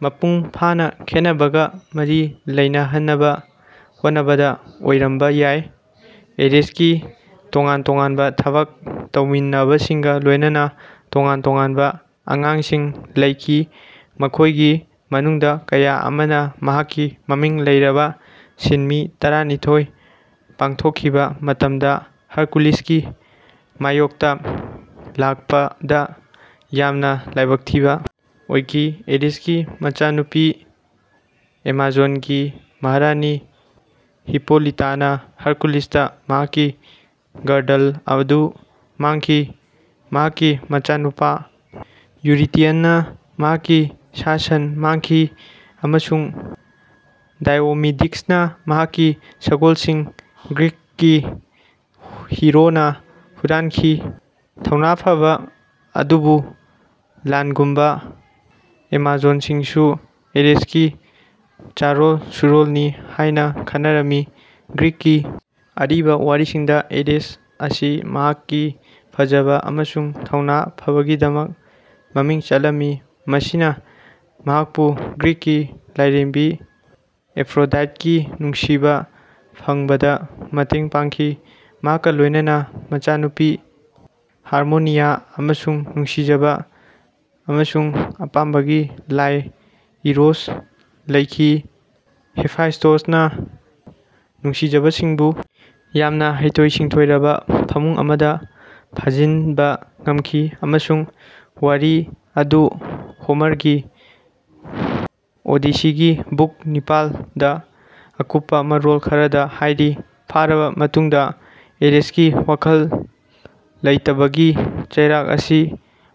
ꯃꯄꯨꯡ ꯐꯥꯅ ꯈꯦꯠꯅꯕꯒ ꯃꯔꯤ ꯂꯩꯅꯍꯟꯅꯕ ꯍꯣꯠꯅꯕꯗ ꯑꯣꯏꯔꯝꯕ ꯌꯥꯏ꯫ ꯑꯦꯔꯤꯁꯀꯤ ꯇꯣꯉꯥꯟ-ꯇꯣꯉꯥꯟꯕ ꯊꯕꯛ ꯇꯧꯃꯤꯟꯅꯕꯁꯤꯡꯒ ꯂꯣꯏꯅꯅ ꯇꯣꯉꯥꯟ-ꯇꯣꯉꯥꯟꯕ ꯑꯉꯥꯡꯁꯤꯡ ꯂꯩꯈꯤ, ꯃꯈꯣꯏꯒꯤ ꯃꯅꯨꯡꯗ ꯀꯌꯥ ꯑꯃꯅ ꯃꯍꯥꯛꯀꯤ ꯃꯃꯤꯡ ꯂꯩꯔꯕ ꯁꯤꯟꯃꯤ ꯇꯔꯥꯅꯤꯊꯣꯏ ꯄꯥꯡꯊꯣꯛꯈꯤꯕ ꯃꯇꯝꯗ ꯍꯔꯀꯨꯂꯤꯁꯀꯤ ꯃꯥꯌꯣꯛꯇ ꯂꯥꯛꯄꯗ ꯌꯥꯝꯅ ꯂꯥꯏꯕꯛ ꯊꯤꯕ ꯑꯣꯏꯈꯤ꯫ ꯑꯦꯔꯤꯁꯀꯤ ꯃꯆꯥꯅꯨꯄꯤ, ꯑꯦꯃꯥꯖꯣꯟꯒꯤ ꯃꯍꯥꯔꯥꯅꯤ ꯍꯤꯞꯄꯣꯂꯤꯇꯥꯅ ꯍꯔꯀꯨꯂꯤꯁꯇ ꯃꯍꯥꯛꯀꯤ ꯒꯔꯗꯜ ꯑꯗꯨ ꯃꯥꯡꯈꯤ, ꯃꯍꯥꯛꯀꯤ ꯃꯆꯥꯅꯨꯄꯥ ꯌꯨꯔꯤꯇꯤꯌꯟꯅ ꯃꯍꯥꯛꯀꯤ ꯁꯥ-ꯁꯟ ꯃꯥꯡꯈꯤ, ꯑꯃꯁꯨꯡ ꯗꯥꯏꯑꯣꯃꯤꯗꯤꯁꯅ ꯃꯍꯥꯛꯀꯤ ꯁꯒꯣꯜꯁꯤꯡ ꯒ꯭ꯔꯤꯛꯀꯤ ꯍꯤꯔꯣꯅ ꯍꯨꯔꯥꯟꯈꯤ꯫ ꯊꯧꯅꯥ ꯐꯕ ꯑꯗꯨꯕꯨ ꯂꯥꯟꯒꯨꯝꯕ ꯑꯦꯃꯥꯖꯣꯟꯁꯤꯡꯁꯨ ꯑꯦꯔꯦꯁꯀꯤ ꯆꯥꯔꯣꯜ-ꯁꯨꯔꯣꯜꯅꯤ ꯍꯥꯏꯅ ꯈꯟꯅꯔꯝꯃꯤ꯫ ꯒ꯭ꯔꯤꯛꯀꯤ ꯑꯔꯤꯕ ꯋꯥꯔꯤꯁꯤꯡꯗ, ꯑꯦꯔꯦꯁ ꯑꯁꯤ ꯃꯍꯥꯛꯀꯤ ꯐꯖꯕ ꯑꯃꯁꯨꯡ ꯊꯧꯅꯥ ꯐꯕꯒꯤꯗꯃꯛ ꯃꯃꯤꯡ ꯆꯠꯂꯝꯃꯤ, ꯃꯁꯤꯅ ꯃꯍꯥꯛꯄꯨ ꯒ꯭ꯔꯤꯛꯀꯤ ꯂꯥꯏꯔꯦꯝꯕꯤ ꯑꯦꯐ꯭ꯔꯣꯗꯥꯏꯠꯀꯤ ꯅꯨꯡꯁꯤꯕ ꯐꯪꯕꯗ ꯃꯇꯦꯡ ꯄꯥꯡꯈꯤ, ꯃꯍꯥꯛꯀ ꯂꯣꯏꯅꯅ ꯃꯆꯥꯅꯨꯄꯤ ꯍꯥꯔꯃꯣꯅꯤꯌꯥ ꯑꯃꯁꯨꯡ ꯅꯨꯡꯁꯤꯖꯕ ꯑꯃꯁꯨꯡ ꯑꯄꯥꯝꯕꯒꯤ ꯂꯥꯏ ꯏꯔꯣꯁ ꯂꯩꯈꯤ꯫ ꯍꯦꯐꯥꯏꯁ꯭ꯇꯣꯁꯅ ꯅꯨꯡꯁꯤꯖꯕꯁꯤꯡꯕꯨ ꯌꯥꯝꯅ ꯍꯩꯊꯣꯏ-ꯁꯤꯡꯊꯣꯏꯔꯕ ꯐꯃꯨꯡ ꯑꯃꯗ ꯐꯥꯖꯤꯟꯕ ꯉꯝꯈꯤ, ꯑꯃꯁꯨꯡ ꯋꯥꯔꯤ ꯑꯗꯨ ꯍꯣꯃꯔꯒꯤ ꯑꯣꯗꯤꯁꯤꯒꯤ ꯕꯨꯛ ꯅꯤꯄꯥꯜꯗ ꯑꯀꯨꯞꯄ ꯃꯔꯣꯜ ꯈꯔꯗ ꯍꯥꯏꯔꯤ꯫ ꯐꯥꯔꯕ ꯃꯇꯨꯡꯗ, ꯑꯦꯔꯦꯁꯀꯤ ꯋꯥꯈꯜ ꯂꯩꯇꯕꯒꯤ ꯆꯩꯔꯥꯛ ꯑꯁꯤ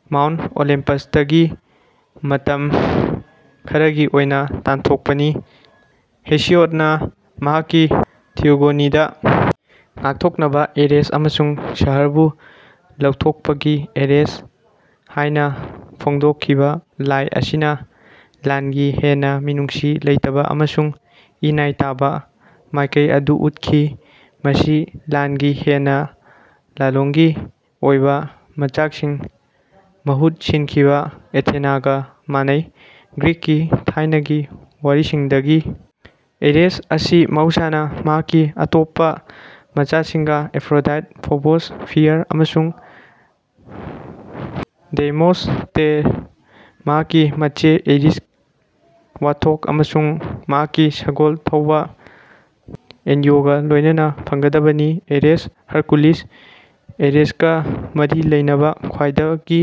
ꯃꯥꯎꯟꯇ ꯑꯣꯂꯤꯝꯄꯁꯇꯒꯤ ꯃꯇꯝ ꯈꯔꯒꯤ ꯑꯣꯏꯅ ꯇꯥꯟꯊꯣꯛꯄꯅꯤ꯫ ꯍꯦꯁꯤꯌꯣꯗꯅ ꯃꯍꯥꯛꯀꯤ ꯊꯤꯌꯣꯒꯣꯅꯤꯗ 'ꯉꯥꯛꯊꯣꯛꯅꯕ ꯑꯦꯔꯦꯁ' ꯑꯃꯁꯨꯡ 'ꯁꯍꯔꯕꯨ ꯂꯧꯊꯣꯛꯄꯒꯤ ꯑꯦꯔꯦꯁ' ꯍꯥꯏꯅ ꯐꯣꯡꯗꯣꯛꯈꯤꯕ ꯂꯥꯏ ꯑꯁꯤꯅ ꯂꯥꯟꯒꯤ ꯍꯦꯟꯅ ꯃꯤꯅꯨꯡꯁꯤ ꯂꯩꯇꯕ ꯑꯃꯁꯨꯡ ꯏ-ꯅꯥꯏ ꯇꯥꯕ ꯃꯥꯏꯀꯩ ꯑꯗꯨ ꯎꯠꯈꯤ, ꯃꯁꯤ ꯂꯥꯟꯒꯤ ꯍꯦꯟꯅ ꯂꯥꯂꯣꯡꯒꯤ ꯑꯣꯏꯕ ꯃꯆꯥꯛꯁꯤꯡ ꯃꯍꯨꯠ ꯁꯤꯟꯈꯤꯕ ꯑꯦꯊꯦꯅꯥꯒ ꯃꯥꯟꯅꯩ꯫ ꯒ꯭ꯔꯤꯛꯀꯤ ꯊꯥꯏꯅꯒꯤ ꯋꯥꯔꯤꯁꯤꯡꯗꯒꯤ, ꯑꯦꯔꯦꯁ ꯑꯁꯤ ꯃꯍꯧꯁꯥꯅ ꯃꯍꯥꯛꯀꯤ ꯑꯇꯣꯞꯄ ꯃꯆꯥꯁꯤꯡꯒ ꯑꯦꯐ꯭ꯔꯣꯗꯥꯏꯠ, ꯐꯣꯕꯣꯁ (ꯐꯤꯌꯔ) ꯑꯃꯁꯨꯡ ꯗꯦꯏꯃꯣꯁ (ꯇꯦꯔ), ꯃꯍꯥꯛꯀꯤ ꯃꯆꯦ ꯑꯦꯔꯤꯁ (ꯋꯥꯊꯣꯛ) ꯑꯃꯁꯨꯡ ꯃꯍꯥꯛꯀꯤ ꯁꯒꯣꯜ ꯊꯧꯕ ꯑꯦꯟꯌꯣꯒ ꯂꯣꯏꯅꯅ ꯐꯪꯒꯗꯕꯅꯤ꯫ ꯑꯦꯔꯦꯁ ꯍꯔꯀꯨꯂꯤꯁ ꯑꯦꯔꯦꯁꯀ ꯃꯔꯤ ꯂꯩꯅꯕ ꯈ꯭ꯋꯥꯏꯗꯒꯤ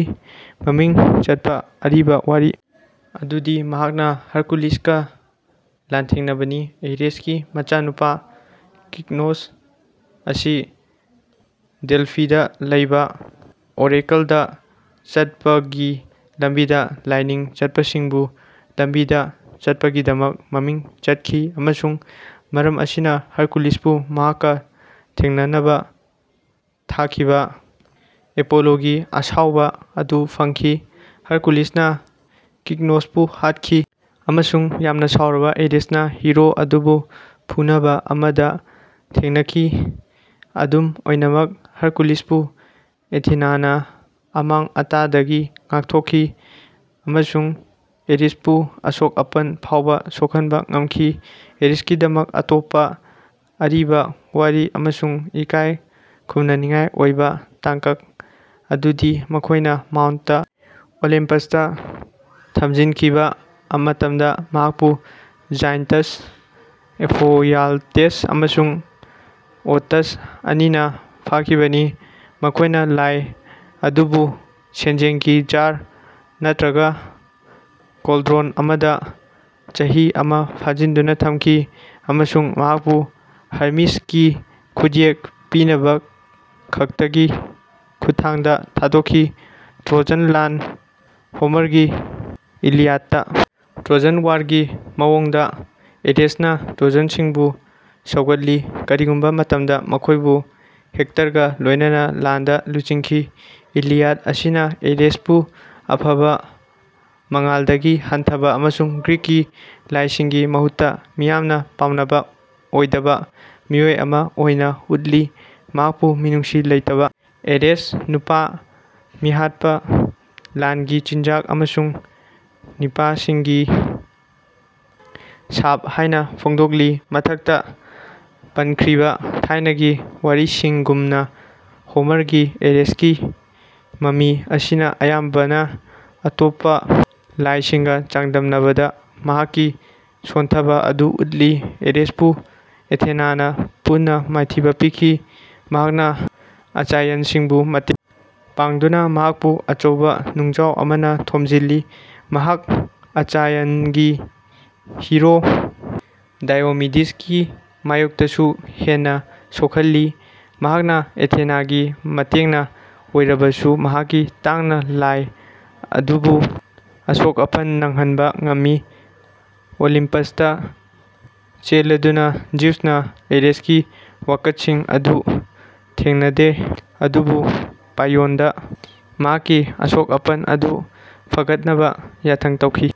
ꯃꯃꯤꯡ ꯆꯠꯄ ꯑꯔꯤꯕ ꯋꯥꯔꯤ ꯑꯗꯨꯗꯤ ꯃꯍꯥꯛꯅ ꯍꯔꯀꯨꯂꯤꯁꯀ ꯂꯥꯟꯊꯦꯡꯅꯕꯅꯤ꯫ ꯑꯔꯤꯁꯀꯤ ꯃꯆꯥꯅꯨꯄꯥ ꯀꯤꯛꯅꯣꯁ ꯑꯁꯤ ꯗꯦꯜꯐꯤꯗ ꯂꯩꯕ ꯑꯣꯔꯦꯀꯜꯗ ꯆꯠꯄꯒꯤ ꯂꯝꯕꯤꯗ ꯂꯥꯏꯅꯤꯡ ꯆꯠꯄꯁꯤꯡꯕꯨ ꯂꯝꯕꯤꯗ ꯆꯠꯄꯒꯤꯗꯃꯛ ꯃꯃꯤꯡ ꯆꯠꯈꯤ, ꯑꯃꯁꯨꯡ ꯃꯔꯝ ꯑꯁꯤꯅ ꯍꯔꯀꯨꯂꯤꯁꯄꯨ ꯃꯍꯥꯛꯀ ꯊꯦꯡꯅꯅꯕ ꯊꯥꯈꯤꯕ ꯑꯦꯄꯣꯂꯣꯒꯤ ꯑꯁꯥꯎꯕ ꯑꯗꯨ ꯐꯪꯈꯤ꯫ ꯍꯔꯀꯨꯂꯤꯁꯅ ꯀꯤꯛꯅꯣꯁꯄꯨ ꯍꯥꯠꯈꯤ, ꯑꯃꯁꯨꯡ ꯌꯥꯝꯅ ꯁꯥꯎꯔꯕ ꯑꯦꯔꯤꯁꯅ ꯍꯤꯔꯣ ꯑꯗꯨꯕꯨ ꯐꯨꯅꯕ ꯑꯃꯗ ꯊꯦꯡꯅꯈꯤ꯫ ꯑꯗꯨꯝ ꯑꯣꯏꯅꯃꯛ, ꯍꯔꯀꯨꯂꯤꯁꯄꯨ ꯑꯦꯊꯤꯅꯥꯅ ꯑꯃꯥꯡ-ꯑꯇꯥꯗꯒꯤ ꯉꯥꯛꯊꯣꯛꯈꯤ ꯑꯃꯁꯨꯡ ꯑꯦꯔꯤꯁꯄꯨ ꯑꯁꯣꯛ-ꯑꯄꯟ ꯐꯥꯎꯕ ꯁꯣꯛꯍꯟꯕ ꯉꯝꯈꯤ꯫ ꯑꯦꯔꯤꯁꯀꯤꯗꯃꯛ ꯑꯇꯣꯞꯄ ꯑꯔꯤꯕ ꯋꯥꯔꯤ ꯑꯃꯁꯨꯡ ꯏꯀꯥꯏ ꯈꯨꯝꯅꯅꯤꯡꯉꯥꯏ ꯑꯣꯏꯕ ꯇꯥꯡꯀꯛ ꯑꯗꯨꯗꯤ ꯃꯈꯣꯏꯅ ꯃꯥꯎꯟꯇ ꯑꯣꯂꯦꯝꯄꯁꯇ ꯊꯝꯖꯤꯟꯈꯤꯕ ꯑꯃꯇꯝꯗ ꯃꯍꯥꯛꯄꯨ ꯖꯥꯏꯟ꯭ꯇꯁ ꯑꯦꯐꯣꯌꯥꯜꯇꯦꯁ ꯑꯃꯁꯨꯡ ꯑꯣꯇꯁ ꯑꯅꯤꯅ ꯐꯥꯈꯤꯕꯅꯤ꯫ ꯃꯈꯣꯏꯅ ꯂꯥꯏ ꯑꯗꯨꯕꯨ ꯁꯦꯟꯖꯦꯡꯒꯤ ꯖꯥꯔ (ꯅꯠꯇ꯭ꯔꯒ ꯀꯣꯜꯗ꯭ꯔꯣꯟ) ꯑꯃꯗ ꯆꯍꯤ ꯑꯃ ꯐꯥꯖꯤꯟꯗꯨꯅ ꯊꯝꯈꯤ ꯑꯃꯁꯨꯡ ꯃꯍꯥꯛꯄꯨ ꯍꯔꯃꯤꯁꯀꯤ ꯈꯨꯠꯌꯦꯛ ꯄꯤꯅꯕꯈꯛꯇꯒꯤ ꯈꯨꯠꯊꯥꯡꯗ ꯊꯥꯗꯣꯛꯈꯤ꯫ ꯇ꯭ꯔꯣꯖꯟ ꯂꯥꯟ ꯍꯣꯃꯔꯒꯤ ꯏꯂꯤꯌꯥꯗꯇ ꯇ꯭ꯔꯣꯖꯟ ꯋꯥꯔꯒꯤ ꯃꯑꯣꯡꯗ, ꯑꯦꯗꯦꯁꯅ ꯇ꯭ꯔꯣꯖꯥꯟꯁꯤꯡꯕꯨ ꯁꯧꯒꯠꯂꯤ, ꯀꯔꯤꯒꯨꯝꯕ ꯃꯇꯝꯗ ꯃꯈꯣꯏꯕꯨ ꯍꯦꯛꯇꯔꯒ ꯂꯣꯏꯅꯅ ꯂꯥꯟꯗ ꯂꯨꯆꯤꯡꯈꯤ꯫ ꯏꯂꯤꯌꯥꯗ ꯑꯁꯤꯅ ꯑꯦꯔꯤꯁꯄꯨ ꯑꯐꯕ ꯃꯉꯥꯜꯗꯒꯤ ꯍꯟꯊꯕ ꯑꯃꯁꯨꯡ ꯒ꯭ꯔꯤꯛꯀꯤ ꯂꯥꯏꯁꯤꯡꯒꯤ ꯃꯍꯨꯠꯇ ꯃꯤꯌꯥꯝꯅ ꯄꯥꯝꯅꯕ ꯑꯣꯏꯗꯕ ꯃꯤꯑꯣꯏ ꯑꯃ ꯑꯣꯏꯅ ꯎꯠꯂꯤ꯫ ꯃꯍꯥꯛꯄꯨ 'ꯃꯤꯅꯨꯡꯁꯤ ꯂꯩꯇꯕ ꯑꯦꯔꯦꯁ', 'ꯅꯨꯄꯥ-ꯃꯤꯍꯥꯠꯄ', 'ꯂꯥꯟꯒꯤ ꯆꯤꯟꯖꯥꯛ' ꯑꯃꯁꯨꯡ 'ꯅꯨꯄꯥꯁꯤꯡꯒꯤ ꯁꯥꯞ' ꯍꯥꯏꯅ ꯐꯣꯡꯗꯣꯛꯂꯤ꯫ ꯃꯊꯛꯇ ꯄꯟꯈ꯭ꯔꯤꯕ ꯊꯥꯏꯅꯒꯤ ꯋꯥꯔꯤꯁꯤꯡꯒꯨꯝꯅ ꯍꯣꯃꯔꯒꯤ ꯑꯦꯔꯤꯁꯀꯤ ꯃꯃꯤ ꯑꯁꯤꯅ ꯑꯌꯥꯝꯕꯅ ꯑꯇꯣꯞꯄ ꯂꯥꯏꯁꯤꯡꯒ ꯆꯥꯡꯗꯝꯅꯕꯗ ꯃꯍꯥꯛꯀꯤ ꯁꯣꯟꯊꯕ ꯑꯗꯨ ꯎꯠꯂꯤ꯫ ꯑꯔꯤꯁꯄꯨ ꯑꯦꯊꯦꯅꯥꯅ ꯄꯨꯟꯅ ꯃꯥꯏꯊꯤꯕ ꯄꯤꯈꯤ, ꯃꯍꯥꯛꯅ ꯑꯆꯥꯌꯟꯁꯤꯡꯕꯨ ꯃꯇꯦꯡ ꯄꯥꯡꯗꯨꯅ, ꯃꯍꯥꯛꯄꯨ ꯑꯆꯧꯕ ꯅꯨꯡꯖꯥꯎ ꯑꯃꯅ ꯊꯣꯝꯖꯤꯜꯂꯤ꯫ ꯃꯍꯥꯛ ꯑꯆꯥꯏꯌꯟꯒꯤ ꯍꯤꯔꯣ ꯗꯥꯏꯑꯣꯃꯤꯗꯤꯁꯀꯤ ꯃꯥꯌꯣꯛꯇꯁꯨ ꯍꯦꯟꯅ ꯁꯣꯛꯍꯜꯂꯤ, ꯃꯍꯥꯛꯅ ꯑꯦꯊꯤꯅꯥꯒꯤ ꯃꯇꯦꯡꯅ ꯑꯣꯏꯔꯕꯁꯨ ꯃꯍꯥꯛꯀꯤ ꯇꯥꯡꯅ ꯂꯥꯏ ꯑꯗꯨꯕꯨ ꯑꯁꯣꯛ ꯑꯄꯟ ꯅꯪꯍꯟꯕ ꯉꯝꯃꯤ꯫ ꯑꯣꯂꯤꯝꯄꯁꯇ ꯆꯦꯜꯂꯗꯨꯅ, ꯖꯤꯎꯁꯅ ꯑꯦꯔꯦꯁꯀꯤ ꯋꯥꯀꯠꯁꯤꯡ ꯑꯗꯨ ꯊꯦꯡꯅꯗꯦ ꯑꯗꯨꯕꯨ ꯄꯥꯏꯌꯣꯟꯗ ꯃꯍꯥꯛꯀꯤ ꯑꯁꯣꯛ-ꯑꯄꯟ ꯑꯗꯨ ꯐꯒꯠꯅꯕ ꯌꯥꯊꯪ ꯇꯧꯈꯤ꯫